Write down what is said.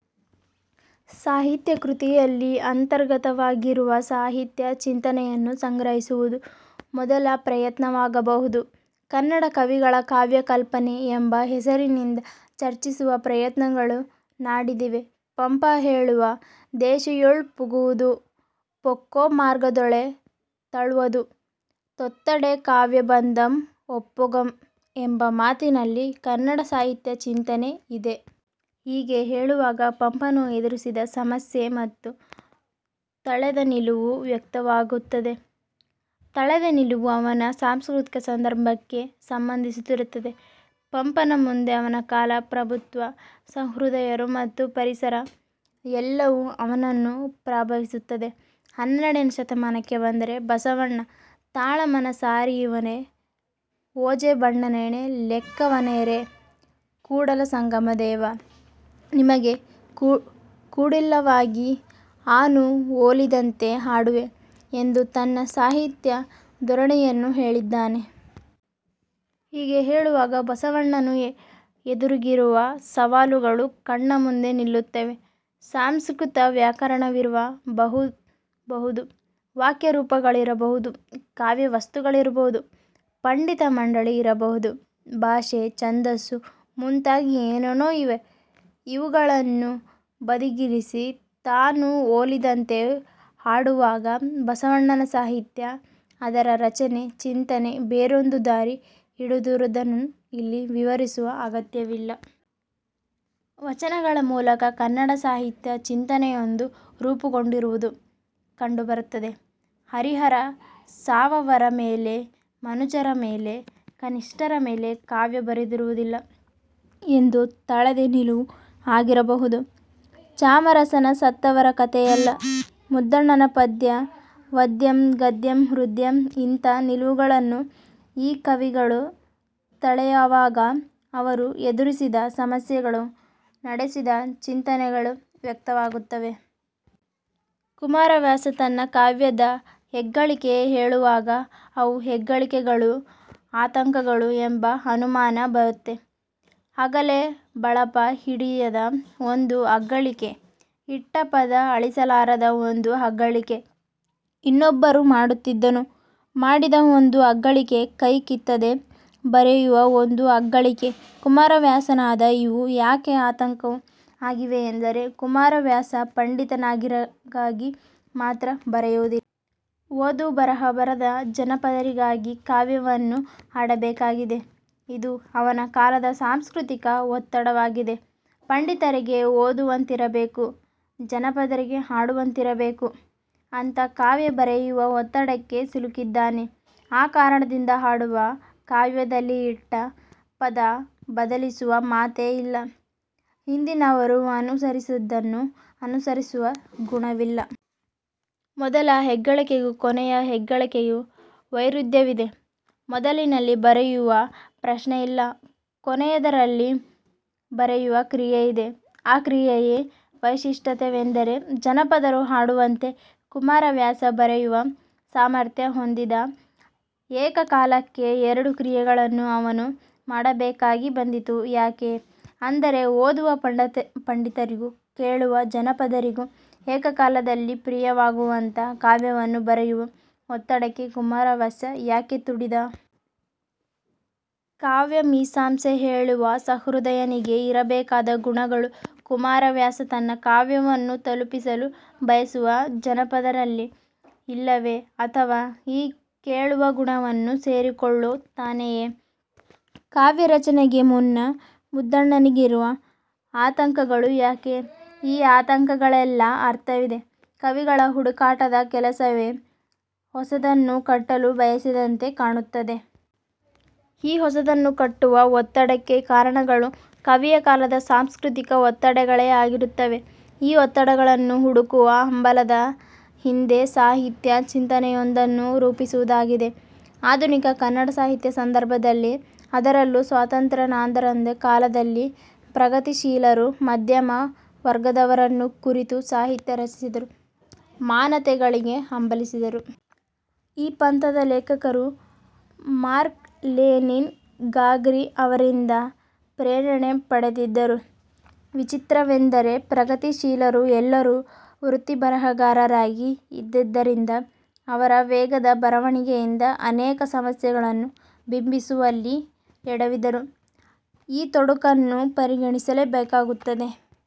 ಸಾಹಿತ್ಯ ಕೃತಿಯಲ್ಲಿ ಅಂತರ್ಗತವಾಗಿರುವ ಸಾಹಿತ್ಯ ಚಿಂತನೆಯನ್ನು ಗ್ರಹಿಸುವುದು ಮೊದಲ ಪ್ರಯತ್ನವಾಗಬಹುದು. 'ಕನ್ನಡ ಕವಿಗಳ ಕಾವ್ಯ ಕಲ್ಪನೆ' ಎಂಬ ಹೆಸರಿನಿಂದ ಚರ್ಚಿಸುವ ಪ್ರಯತ್ನಗಳ ನಡೆದಿವೆ. ಪಂಪ ಹೇಳುವ 'ದೇಶಿಯೊಳ್ ಪುಗುವುದು ಪೊಕ್ಕು ಮಾರ್ಗದೊಳೆ ತಳ್ವುದು. ತತ್ತೊಡೆ ಕಾವ್ಯಬಂಧಂ ಒಪ್ಪುಗಂ' ಎಂಬ ಮಾತಿನಲ್ಲಿ ಕನ್ನಡ ಸಾಹಿತ್ಯ ಚಿಂತನೆ ಇದೆ. ಹೀಗೆ ಹೇಳುವಾಗ ಪಂಪನು ಎದುರಿಸಿದ ಸಮಸ್ಯೆ ಮತ್ತು ತಳೆದ ನಿಲುವು ವ್ಯಕ್ತವಾಗುತ್ತದೆ. ತಳೆದ ನಿಲುವು ಅವನ ಸಾಂಸ್ಕೃತಿಕ ಸಂದರ್ಭಕ್ಕೆ ಸಂಬಂಧಿಸಿರುತ್ತದೆ. ಪಂಪನ ಮುಂದೆ ಅವನ ಕಾಲ, ಪ್ರಭುತ್ವ, ಸಹೃದಯರು ಮತ್ತು ಪರಿಸರ ಎಲ್ಲವೂ ಅವನನ್ನು ಪ್ರಭಾವಿಸಿರುತ್ತದೆ. ಹನ್ನೆರಡನೇ ಶತಮಾನಕ್ಕೆ ಬಂದರೆ ಬಸವಣ್ಣ 'ತಾಳಮಾನಸರಿಸವನರಿಯೆ, ಓಜೆಬಜಾವಣೆ ಲೆಕ್ಕವನರಿಯೆ, ಕೂಡಲ ಸಂಗಮದೇವಾ, ನಿಮಗೆ ಕೇಡಿಲ್ಲವಾಗಿ ಆನು ಒಲಿದಂತೆ ಹಾಡುವೆ' ಎಂದು ತನ್ನ ಸಾಹಿತ್ಯ ಧೋರಣೆಯನ್ನು ಹೇಳಿದ್ದಾನೆ. ಹೀಗೆ ಹೇಳುವಾಗ ಬಸವಣ್ಣನ ಎದುರಿಗಿರುವ ಸವಾಲುಗಳು ಕಣ್ಣ ಮುಂದೆ ನಿಲ್ಲುತ್ತವೆ. ಸಂಸ್ಕೃತ ವ್ಯಾಕರಣವಿರ ಬಹುದು, ಕಾವ್ಯ ರೂಪಗಳಿರಬಹುದು. ಕಾವ್ಯ ವಸ್ತುಗಳಿರಬಹುದು. ಪಂಡಿತ ಮಂಡಳಿ ಇರಬಹುದು. ಭಾಷೆ, ಛಂದಸ್ಸು ಮುಂತಾಗಿ ಏನೇನೋ ಇವೆ. ಇವುಗಳನ್ನು ಬದಿಗಿರಿಸಿ 'ತಾನು ಒಲಿದಂತೆ ಹಾಡುವಾಗ' ಬಸವಣ್ಣನ ಸಾಹಿತ್ಯ, ಅದರ ರಚನೆ, ಚಿಂತನೆ ಬೇರೊಂದು ದಾರಿ ಹಿಡಿದಿರುವುದನ್ನು ಇಲ್ಲಿ ವಿವರಿಸುವ ಅಗತ್ಯವಿಲ್ಲ. ವಚನಗಳ ಮೂಲಕ ಕನ್ನಡ ಸಾಹಿತ್ಯ ಚಿಂತನೆಯೊಂದು ರೂಪುಗೊಂಡಿರುವುದು ಕಂಡುಬರುತ್ತದೆ. ಹರಿಹರ 'ಸಾವವರ ಮೇಲೆ ಮನುಜರ ಮೇಲೆ, ಕನಿಷ್ಠರ ಮೇಲೆ' ಕಾವ್ಯ ಬರೆಯುವುದಿಲ್ಲ ಎಂದು ತಳೆದ ನಿಲುವು ಆಗಿರಬಹುದು. ಚಾಮರಸನ 'ಸತ್ತವರ ಕಥೆಯಲ್ಲ.. ' ಮುದ್ದಣನ 'ಪದ್ಯ ವದ್ಯಂ, ಗದ್ಯಂ ಹೃದ್ಯಂ. ' ಇಂಥ ನಿಲುವುಗಳನ್ನು ಈ ಕವಿಗಳು ತಳೆಯುವಾಗ ಅವರು ಎದುರಿಸಿದ ಸಮಸ್ಯೆಗಳು, ನಡೆಸಿದ ಚಿಂತನೆಗಳು ವ್ಯಕ್ತವಾಗುತ್ತವೆ. ಕುಮಾರವ್ಯಾಸ ತನ್ನ ಕಾವ್ಯದ ಹೆಗ್ಗಳಿಕೆ ಹೇಳುವಾಗ, ಅವು ಹೆಗ್ಗಳಿಕೆಗಳೋ ಆತಂಕಗಳೋ ಎಂಬ ಅನುಮಾನ ಬರುತ್ತದೆ. ಹಲಗೆ, ಬಳಪ ಹಿಡಿಯದ ಒಂದು ಅಗ್ಗಳಿಕೆ, ಇಟ್ಟ ಪದ ಅಳಿಸಲಾರದ ಒಂದು ಅಗ್ಗಳಿಕೆ, ಇನ್ನೊಬ್ಬರು ಮಾಡಿದ್ದನ್ನು ಮಾಡದ ಒಂದು ಅಗ್ಗಳಿಕೆ, ಕೈ ಕಿತ್ತದೆ ಬರೆಯುವ ಒಂದು ಅಗ್ಗಳಿಕೆ ಕುಮಾರವ್ಯಾಸನದು. ಇವು ಯಾಕೆ ಆತಂಕವೂ ಆಗಿವೆ ಎಂದರೆ, ಕುಮಾರವ್ಯಾಸ ಪಂಡಿತರಿಗಾಗಿ ಮಾತ್ರ ಬರೆಯುವುದಿಲ್ಲ. ಓದು ಬರಹ ಬಾರದ ಜನಪದರಿಗಾಗಿ ಕಾವ್ಯವನ್ನು ಹಾಡಬೇಕಾಗಿದೆ. ಇದು ಅವನ ಕಾಲದ ಸಾಂಸ್ಕೃತಿಕ ಒತ್ತಡವಾಗಿದೆ. ಪಂಡಿತರಿಗೆ ಓದುವಂತಿರಬೇಕು. ಜನಪದರಿಗೆ ಹಾಡುವಂತಿರಬೇಕು. ಅಂಥ ಕಾವ್ಯ ಬರೆಯುವ ಒತ್ತಡಕ್ಕೆ ಸಿಲುಕಿದ್ದಾನೆ. ಆ ಕಾರಣದಿಂದ ಹಾಡುವ ಕಾವ್ಯದಲ್ಲಿ ಇಟ್ಟ ಪದ ಬದಲಿಸುವ ಮಾತೇ ಇಲ್ಲ. ಹಿಂದಿನವರು ಅನುಸರಿಸಿದ್ದನ್ನು ಅನುಸರಿಸುವ ಗುಣವಿಲ್ಲ. ಮೊದಲ ಹೆಗ್ಗಳಿಕೆಗೂ ಕೊನೆಯ ಹೆಗ್ಗಳಿಕೆಗೂ ವೈರುಧ್ಯವಿದೆ. ಮೊದಲಲ್ಲಿ ಬರೆಯುವ ಪ್ರಶ್ನೆಯಿಲ್ಲ. ಕೊನೆಯದರಲ್ಲಿ ಬರೆಯುವ ಕ್ರಿಯೆ ಇದೆ. ಆ ಕ್ರಿಯೆಯ ವೈಶಿಷ್ಟ್ಯವೆಂದರೆ ಜನಪದರು ಹಾಡುವಂತೆ ಕುಮಾರವ್ಯಾಸ ಬರೆಯುವ ಸಾಮರ್ಥ್ಯ ಹೊಂದಿದ್ದ. ಏಕಕಾಲಕ್ಕೆ ಎರಡು ಕ್ರಿಯೆಗಳನ್ನು ಅವನು ಮಾಡಬೇಕಾಗಿ ಬಂದದ್ದು ಯಾಕೆ? ಅಂದರೆ ಓದುವ ಪಂಡಿತರಿಗೂ, ಕೇಳುವ ಜನಪದರಿಗೂ ಏಕಕಾಲದಲ್ಲಿ ಪ್ರಿಯವಾಗುವಂಥ ಕಾವ್ಯವನ್ನು ಬರೆಯುವ ಒತ್ತಡಕ್ಕೆ ಕುಮಾರವ್ಯಾಸ ಯಾಕೆ ತುಡಿದ? ಕಾವ್ಯ ಮೀಮಾಂಸೆ ಹೇಳುವ ಸಹೃದಯನಿಗೆ ಇರಬೇಕಾದ ಗುಣಗಳು ಕುಮಾರವ್ಯಾಸ ತನ್ನ ಕಾವ್ಯವನ್ನು ತಲುಪಿಸಲು ಬಯಸುವ ಜನಪದರಲ್ಲಿ ಇಲ್ಲವೇ? ಅಥವಾ ಈ ಕೇಳುವ ಗುಣವನ್ನು ಸೇರಿಕೊಳ್ಳು ತ್ತಾನೆಯೇ? ಕಾವ್ಯ ರಚನೆಗೆ ಮುನ್ನ ಮುದ್ದಣನಿಗಿರುವ ಆತಂಕಗಳು ಯಾಕೆ? ಈ ಆತಂಕಗಳಿಗೆಲ್ಲ ಅರ್ಥವಿದೆ. ಕವಿಗಳ ಹುಡುಕಾಟದ ಕೆಲಸವೇ ಹೊಸದನ್ನು ಕಟ್ಟಲು ಬಯಸಿದಂತೆ ಕಾಣುತ್ತದೆ. ಈ ಹೊಸದನ್ನು ಕಟ್ಟುವ ಒತ್ತಡಕ್ಕೆ ಕಾರಣಗಳು ಕವಿಯ ಕಾಲದ ಸಾಂಸ್ಕೃತಿಕ ಒತ್ತಡಗಳೇ ಆಗಿರುತ್ತವೆ. ಈ ಒತ್ತಡಗಳನ್ನು ಹುಡುಕುವ ಹಂಬಲದ ಹಿಂದೆ ಸಾಹಿತ್ಯ ಚಿಂತನೆಯೊಂದನ್ನು ರೂಪಿಸುವುದಾಗಿದೆ. ಆಧುನಿಕ ಕನ್ನಡ ಸಾಹಿತ್ಯ ಸಂದರ್ಭದಲ್ಲಿ ಅದರಲ್ಲೂ ಸ್ವಾತಂತ್ರ್ಯಾನಂತರದ ಕಾಲದಲ್ಲಿ ಪ್ರಗತಿಶೀಲರು ಮಧ್ಯಮ ವರ್ಗದವರನ್ನು ಕುರಿತು ಸಾಹಿತ್ಯ ರಚಿಸಿದರು. ಸಮಾನತೆಗಾಗಿ ಹಂಬಲಿಸಿದರು. ಈ ಪಂಥದ ಲೇಖಕರು ಮಾರ್ಕ್ಸ್, ಲೆಲಿನ್, ಗಾರ್ಗಿ ಅವರಿಂದ ಪ್ರೇರಣೆ ಪಡೆದಿದ್ದರು. ವಿಚಿತ್ರವೆಂದರೆ ಪ್ರಗತಿಶೀಲರು ಎಲ್ಲರೂ ವೃತ್ತಿ ಬರಹಗಾರರಾಗಿ ಇದ್ದಿದ್ದರಿಂದ ಅವರ ವೇಗದ ಬರವಣಿಗೆಯಿಂದ ಅನೇಕ ಸಮಸ್ಯೆಗಳನ್ನು ಬಿಂಬಿಸುವಲ್ಲಿ ಎಡವಿದರು. ಈ ತೊಡಕನ್ನು ಪರಿಗಣಿಸಬೇಕಾಗುತ್ತದೆ.